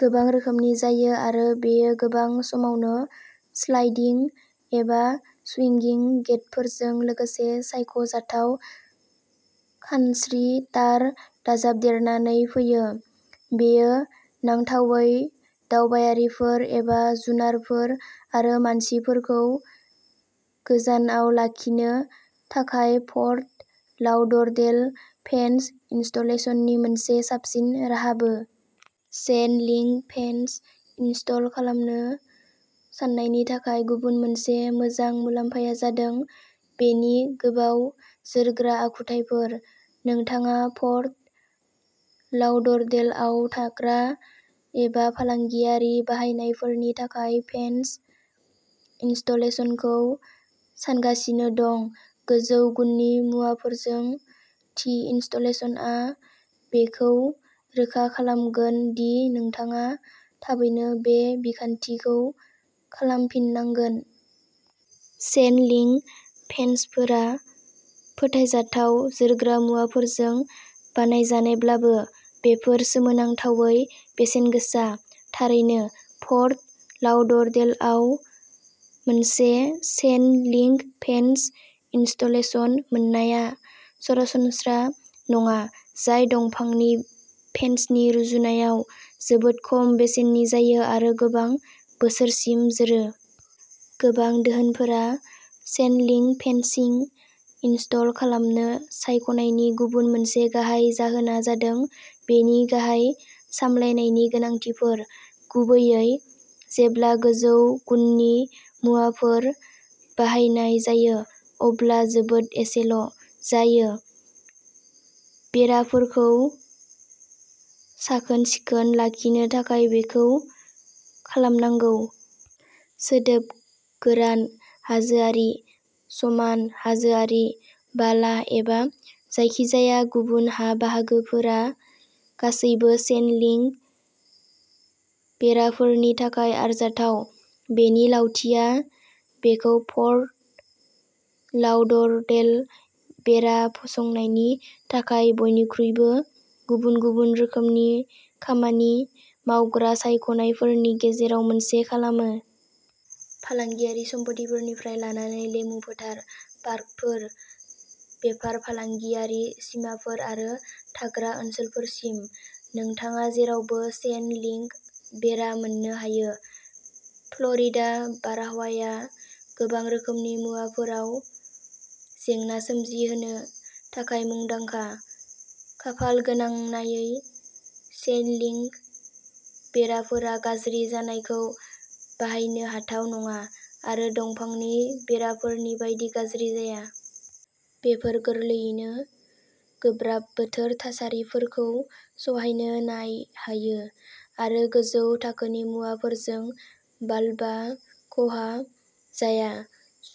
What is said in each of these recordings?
गोबां रोखोमनि जायो आरो बेयो गोबां समावनो स्लाइडिं एबा स्विंगिं गेटफोरजों लोगोसे सायख'जाथाव खानस्रि तार दाजाबदेरनानै फैयो। बेयो नांथावै दावबायारिफोर एबा जुनारफोर आरो मानसिफोरखौ गोजानाव लाखिनो थाखाय फर्ट लाउडरडेल फेन्स इनस्टलेशननि मोनसे साबसिन राहाबो। चेन लिंक फेन्स इनस्टल खालामनो साननायनि थाखाय गुबुन मोनसे मोजां मुलाम्फाया जादों बेनि गोबाव जोरग्रा आखुथायफोर। नोंथाङा फर्ट लाउडरडेलआव थाग्रा एबा फालांगियारि बाहायनायफोरनि थाखाय फेन्स इनस्टलेशनखौ सानगासिनो दं, गोजौ गुननि मुवाफोरजों थि इनस्टलेशनआ बेखौ रोखा खालामगोन दि नोंथाङा थाबैनो बे बिखान्थिखौ खालामफिननांगोन। चेन लिंक फेन्सफोरा फोथायजाथाव जोरग्रा मुवाफोरजों बानायजानायब्लाबो, बेफोरो सोमोनांथावै बेसेनगोसा। थारैनो, फर्ट लाउडरडेलआव मोनसे चेन लिंक फेन्स इनस्टलेशन मोननाया सरासनस्रा नङा, जाय दंफांनि फेन्सनि रुजुनायाव जोबोद खम बेसेननि जायो आरो गोबां बोसोरसिम जोरो। गोबां दोहोनफोरा चेन लिंक फेन्सिं इनस्टल खालामनो सायख'नायनि गुबुन मोनसे गाहाय जाहोना जादों बेनि गाहाय सामलायनायनि गोनांथिफोर। गुबैयै जेब्ला गोजौ गुननि मुवाफोर बाहायनाय जायो, अब्ला जोबोद एसेल' जायो। बेराफोरखौ साखोन-सिखोन लाखिनो थाखाय बेखौ खालामनांगौ। सोदोब, गोरान, हाजोआरि, समान, हाजोआरि, बाला एबा जायखिजाया गुबुन हा बाहागोफोरा गासैबो चेन लिंक बेराफोरनि थाखाय आरजाथाव। बेनि लावथिया बेखौ फर्ट लाउडरडेल बेरा फसंनायनि थाखाय बयनिख्रुइबो गुबुन-गुबुन रोखोमनि खामानि मावग्रा सायख'नायफोरनि गेजेराव मोनसे खालामो। फालांगियारि सम्पथिफोरनिफ्राय लानानै लेमु फोथार, पार्कफोर, बेफार-फालांगियारि सिमाफोर आरो थाग्रा ओनसोलफोरसिम, नोंथाङा जेरावबो चेन लिंक बेरा मोननो हायो। फ्लरिडा बारहावाया गोबां रोखोमनि मुवाफोराव जेंना सोमजिहोनो थाखाय मुंदांखा। खाफाल गोनांनायै, चेन लिंक बेराफोरा गाज्रि जानायखौ बायनो हाथाव नङा आरो दंफांनि बेराफोरनि बायदि गाज्रि जाया। बेफोर गोरलैयैनो गोब्राब बोथोर थासारिफोरखौ सहायनो नायहायो आरो गोजौ थाखोनि मुवाफोरजों बाब्ला ख'हा जाया।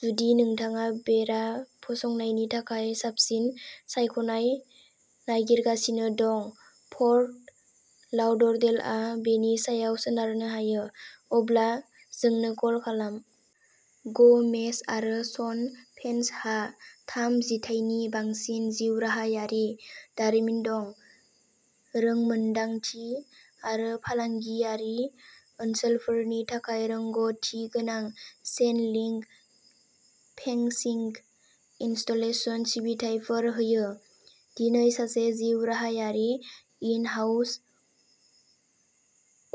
जुदि नोंथाङा बेरा फसंनायनि थाखाय साबसिन सायख'नाय नागिरगासिनो दं, फर्ट लाउडरडेलआ बेनि सायाव सोनारनो हायो, अब्ला जोंनो कल खालाम। ग'मेज आरो सन फेन्सहा थाम जिथायनि बांसिन जिउराहायारि दारिमिन दं। रोंमोन्दांथि आरो फालांगियारि ओनसोलफोरनि थाखाय रोंग'थिगोनां चेन लिंक फेंसिंग इनस्टलेशन सिबिथाइफोर होयो। दिनै सासे जिउराहायारि इन-हाउस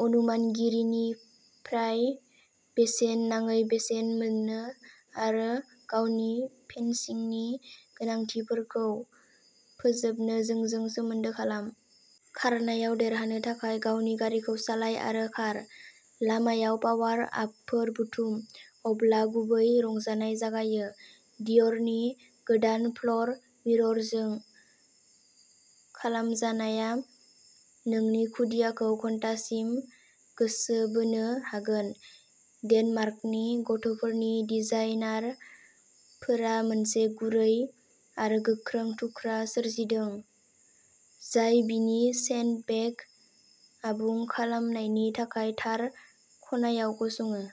अनुमानगिरिनिफ्राय बेसेन नाङै बेसेन मोन्नो आरो गावनि फेनसिंनि गोनांथिफोरखौ फोजोबनो जोंजों सोमोन्दो खालाम। खारनायाव देरहानो थाखाय गावनि गारिखौ सालाय आरो खार। लामायाव पावार आपफोर बुथुम। अब्ला गुबै रंजानाय जागायो। डियरनि गोदान फ्ल'र मिररजों खालामजानाया नोंनि खुदियाखौ घन्टासिम गोसो बोनो हागोन। डेनमार्कनि गथ'फोरनि डिजाइनार फोरा मोनसे गुरै आरो गोख्रों थुख्रा सोरजिदों जाय बिनि सेन्डबेग आबुं खालामनायनि थाखाय थार खनायाव गसङो।